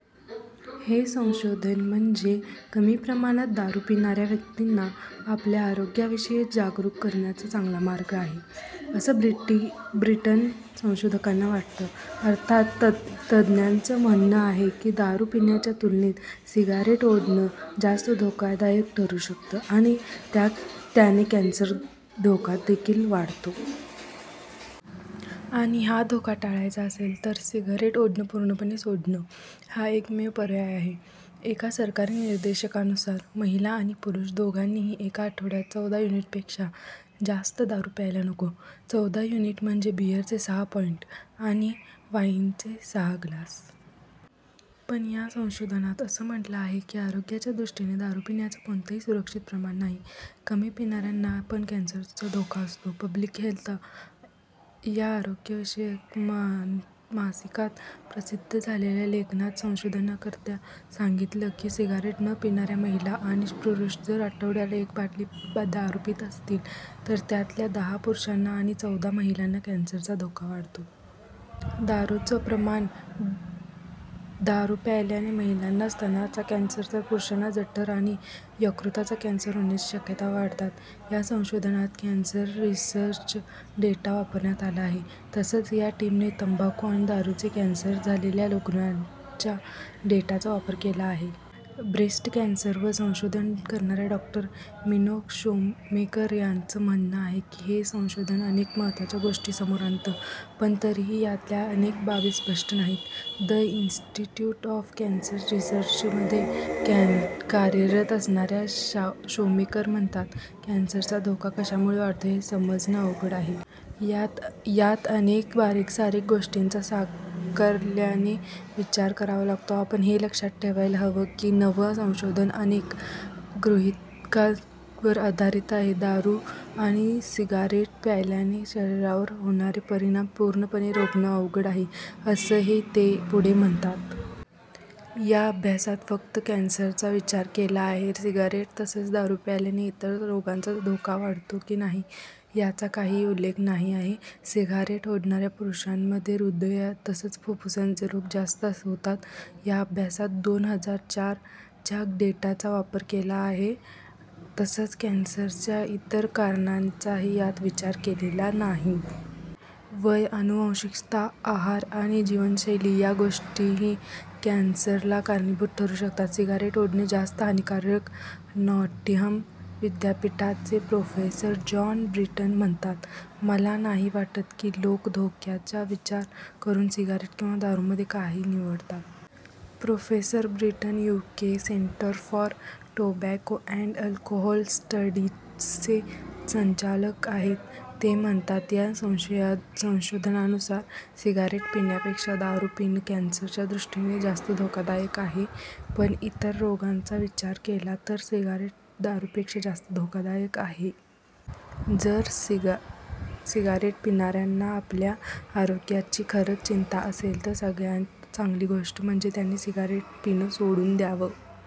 हे संशोधन म्हणजे कमी प्रमाणात दारू पिणाऱ्या व्यक्तींना आपल्या आरोग्याविषयी जागरूक करण्याचा चांगला मार्ग आहे, असं ब्रिटनच्या संशोधकांना वाटतं. अर्थात तज्ज्ञांचं म्हणणं आहे की दारू पिण्याच्या तुलनेत सिगारेट ओढणं जास्त धोकादायक ठरू शकतं आणि त्याने कॅन्सरचा धोकादेखील वाढतो. आणि हा धोका टाळायचा असेल तर सिगारेट ओढणं पूर्णपणे सोडणं, हा एकमेव पर्याय आहे. एका सरकारी निर्देशकानुसार महिला आणि पुरुष दोघांनीही एका आठवड्यात चौदा युनिटपेक्षा जास्त दारू प्यायला नको. चौदा युनिट म्हणजे बीअरचे सहा पाईन्ट आणि वाईनचे सहा ग्लास. पण या संशोधनात असं म्हटलं आहे की आरोग्याच्या दृष्टीने दारू पिण्याचं कोणतंही सुरक्षित प्रमाण नाही. कमी पिणाऱ्यांना पण कॅन्सरचा धोका असतो. ' पब्लिक हेल्थ' या आरोग्यविषयक मासिकात प्रसिद्ध झालेल्या लेखात संशोधनकर्त्यांनी सांगितलं की सिगारेट न पिणाऱ्या महिला आणि पुरुष जर आठवड्याला एक बाटली दारू पीत असतील तर त्यातल्या दहा पुरुषांना आणि चौदा महिलांना कॅन्सरचा धोका वाढतो. दारूचं प्रमाण दारू प्यायल्याने महिलांमध्ये स्तनाचा कॅन्सर तर पुरुषांमध्ये जठर आणि यकृताचा कॅन्सर होण्याच्या शक्यता वाढतात. या संशोधनात कॅन्सर रिसर्च डेटा वापरण्यात आला आहे. तसंच या टीमने तंबाखू आणि दारूने कॅन्सर झालेल्या रुग्णांच्या डेटाचा वापर केला आहे. ब्रेस्ट कॅन्सरवर संशोधन करणाऱ्या डॉ. मिनोक शोमेकर यांचं म्हणणं आहे की हे संशोधन अनेक महत्त्वाच्या गोष्टी समोर आणतं. पण तरीही यातल्या अनेक बाबी स्पष्ट नाहीत. 'द इंस्टिस्ट्यूट ऑफ कॅन्सर रिसर्च'मध्ये कार्यरत असणाऱ्या शोमेकर म्हणतात कॅन्सरचा धोका कशामुळे वाढतो हे समजणं अवघड आहे. यात अनेक बारीकसारीक गोष्टींचा साकल्याने विचार करावा लागतो. आपण हे लक्षात ठेवायला हवं की हे नवं संशोधन अनेक गृहितकांवर आधारित आहे. दारू आणि सिगारेट प्यायल्याने शरीरावर होणारे परिणाम पूर्णपणे रोखणं अवघड आहे, असंही ते पुढे म्हणतात. या अभ्यासात फक्त कॅन्सरचा विचार केला आहे. सिगरेट तसंच दारू प्यायल्याने इतर रोगांचा धोका वाढतो की नाही याचा काही उल्लेख नाही आहे. सिगरेट ओढणाऱ्या पुरुषांमध्ये हृदय तसंच फुफ्फुसाचे रोग जास्त होतात. या अभ्यासात दोन हजार चार च्या डेटाचा वापर केला गेला आहे तसंच कॅन्सरच्या इतर कारणांचा यात विचार केलेला नाही. वय, आनुवांशिकता, आहार आणि जीवनशैली या गोष्टीही कॅन्सरला कारणीभूत ठरू शकतात. सिगारेट ओढणं जास्त हानिकारक नॉटिंहम विद्यापीठाचे प्रोफेसर जॉन ब्रिटन म्हणतात मला नाही वाटत की लोक धोक्याचा विचार करून सिगारेट किंवा दारूमधून काही निवडतात. Professor Britton UK centre for tobacco and alcohol स्टडीजचे संचालक आहेत. ते म्हणतात या संशोधनानुसार सिगरेट पिण्यापेक्षा दारू पिणं कॅन्सरच्या दृष्टीने जास्त धोकादायक आहे, पण इतर रोगांचा विचार केला तर सिगरेट दारूपेक्षा जास्त धोकादायक आहे. जर सिगारेट पिणाऱ्यांना आपल्या आरोग्याची खरंच चिंता असेल तर सगळ्यात चांगली गोष्ट म्हणजे त्यांनी सिगरेट पिणं सोडून द्यावं.